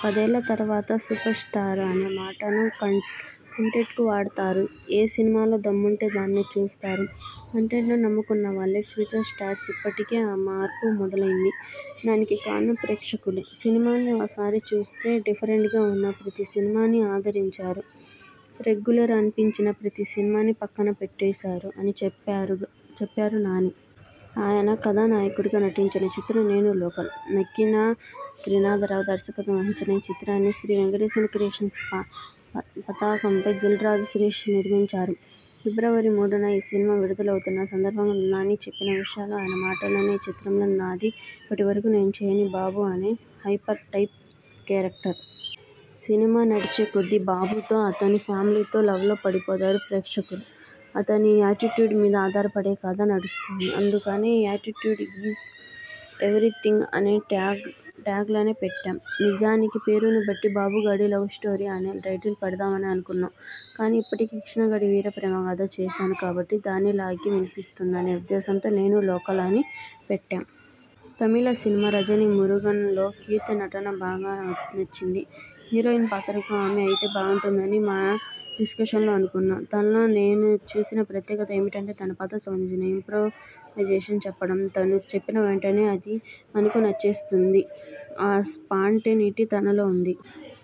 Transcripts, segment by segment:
పదేళ్ల తర్వాత 'సూపర్స్టార్' అనే మాటను కంటెంట్కు వాడతారు. ఏ సినిమాలో దమ్ముంటే దాన్నే చూస్తారు. కంటెంట్ను నమ్ముకున్నవాళ్లే ఫ్యూచర్ స్టార్స్ ఇప్పటికే ఆ మార్పు మొదలైంది. దానికి కారణం ప్రేక్షకులే. సినిమాల్ని ఓసారి చూస్తే.. డిఫరెంట్గా ఉన్న ప్రతి సినిమానీ ఆదరించారు. రెగ్యులర్ అనిపించిన ప్రతి సినిమానీ పక్కన పెట్టేశారు'' అని చెప్పారు నాని. ఆయన కథానాయకుడిగా నటించిన చిత్రం 'నేను లోకల్'. నక్కిన త్రినాథరావు దర్శకత్వం వహించిన ఈ చిత్రాన్ని శ్రీ వెంకటేశ్వర క్రియేషన్స్ పతాకంపై దిల్ రాజు, శిరీష్ నిర్మించారు. ఫిబ్రవరి మూడున ఈ సినిమా విడుదలవుతున్న సందర్భంగా నాని చెప్పిన విషయాలు ఆయన మాటల్లోనేఈ చిత్రంలో నాది ఇప్పటివరకూ నేను చెయ్యని బాబు అనే హైపర్ టైప్ కేరక్టర్. సినిమా నడిచే కొద్దీ బాబుతో, అతని ఫ్యామిలీతో లవ్లో పడిపోతారు ప్రేక్షకులు. అతని యాటిట్యూడ్ మీద ఆధారపడే కథ నడుస్తుంది. అందుకనే 'యాటిట్యూడ్ ఈజ్ ఎవిరిథింగ్' అనే ట్యాగ్లైన్ పెట్టాం. నిజానికి పేరునుబట్టి 'బాబుగాడి లవ్స్టోరీ' అనే టైటిల్ పెడదామని అనుకున్నాం. ఇప్పటికే 'కృష్ణగాడి వీరప్రేమగాథ' చేశాను కాబట్టి, దానిలాగే వినిపిస్తుందనే ఉద్దేశంతో 'నేను లోకల్' అని పెట్టాం. తమిళ సినిమా 'రజనీ మురుగన్'లో కీర్తి నటన బాగా నచ్చింది. హీరోయిన్ పాత్రకు ఆమె అయితే బాగుంటుందని మా డిస్కషన్స్లో అనుకున్నాం. తనలో నేను చూసిన ప్రత్యేకత ఏమిటంటే.. తన పాత్రకు సంబంధించిన ఇంప్రొవైజేషన్ చెప్పడం. తను చెప్పిన వెంటనే అది మనకు నచ్చేస్తుంది. ఆ స్పాంటేనిటీ తనలో ఉంది.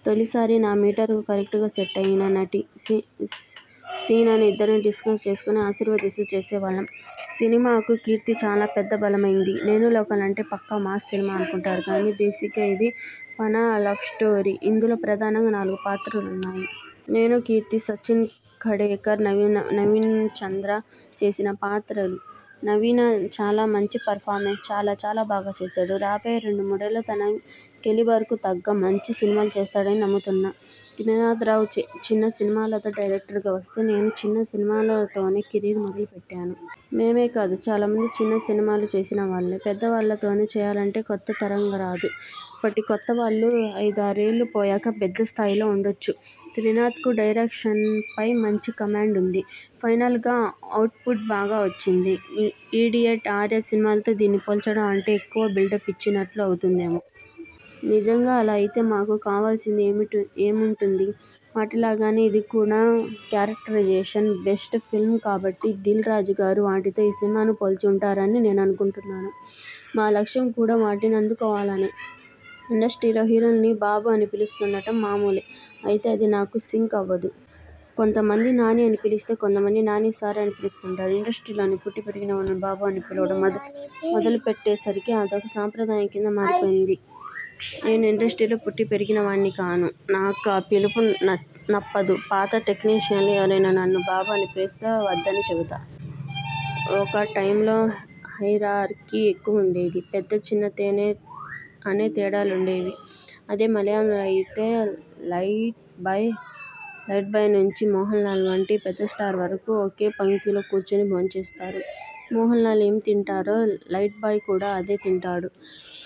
తొలిసారి నా మీటర్కు కరెక్టుగా సెట్ అయిన నటి. సీనను ఇద్దరం డిస్కస్ చేసుకొని, ఆస్వాదిస్తూ చేసేవాళ్లం. సినిమాకు కీర్తి చాలా పెద్ద బలమైంది. 'నేను లోకల్' అంటే పక్కా మాస్ సినిమా అనుకుంటారు కానీ, బేసిగ్గా ఇది ఫన లవ్స్టోరీ. ఇందులో ప్రధానంగా నాలుగు పాత్రలున్నాయి. నేను, కీర్తి, సచిన్ ఖడేకర్, నవీనచంద్ర చేసిన పాత్రలు. నవీన చాలా మంచి పర్ఫార్మర్. చాలా బాగా చేశాడు. రాబోయే రెండు మూడేళ్లలో తన కేలిబర్కు తగ్గ మంచి సినిమాలు చేస్తాడని నమ్ముతున్నా. త్రినాథరావు చిన్న సినిమాలతో డైరెక్టర్గా వస్తే, నేనూ చిన్న సినిమాలతోనే కెరీర్ మొదలుపెట్టాను. మేమే కాదు, చాలామంది చిన్న సినిమాలు చేసినవాళ్లే. పెద్దవాళ్లతోనే చెయ్యాలంటే కొత్త తరం రాదు. ఇప్పటి కొత్తవాళ్లు ఐదారేళ్లు పోయాక పెద్ద స్థాయిలో ఉండొచ్చు. త్రినాథ్కు డైరెక్షన్పై మంచి కమాండ్ ఉంది. ఫైనల్గా ఔట్పుట్ బాగా వచ్చింది. 'ఇడియట్', 'ఆర్య' సినిమాలతో దీన్ని పోల్చడం అంటే ఎక్కువ బిల్డప్ ఇచ్చినట్లు అవుతుందేమో. నిజంగా అలా అయితే మాకు కావాల్సింది ఏముంటుంది! వాటిలాగేనే ఇది కూడా క్యారెక్టరేజేషన్ బేస్డ్ ఫిల్మ్ కాబట్టి దిల్ రాజుగారు వాటితో ఈ సినిమాను పోల్చి ఉంటారని నేననుకుంటాను. మా లక్ష్యం కూడా వాటిని అందుకోవాలనే. ఇండస్ట్రీలో హీరోల్ని 'బాబు' అని పిలుస్తుండటం మామూలే. అయితే అది నాకు సింక్ అవదు. కొంతమంది 'నాని' అని పిలిస్తే, కొంతమంది 'నాని సార్' అని పిలుస్తుంటారు. ఇండస్ట్రీలోనే పుట్టి పెరిగినవాళ్లని బాబు అని పిలవడం మొదలుపెట్టేసరికి అదొక సాంప్రదాయం కింద మారిపోయింది. నేను ఇండస్ట్రీలో పుట్టిపెరిగినవాడ్ని కాను. నాకా పిలుపు నప్పదు. పాత టెక్నీషియన్లు ఎవరైనా నన్ను 'బాబూ' అని పిలిస్తే వద్దని చెబుతా. ఒక టైమ్లో హైరార్కీ ఎక్కువుండేది. పెద్ద, చిన్న అనే తేడాలుండేవి. అదే మలయాళంలో అయితే లైట్బాయ్ నుంచి మోహన్లాల్ వంటి పెద్ద స్టార్ వరకు ఒకే పంక్తిలో కూర్చొని భోంచేస్తారు. మోహన్లాల్ ఏం తింటారో, లైట్బాయ్ కూడా అదే తింటాడు.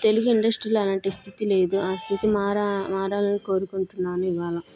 తెలుగు ఇండస్ట్రీలో అలాంటి స్థితి లేదు. ఆ స్థితి మారాలని కోరుకుంటాను. ఇవాళ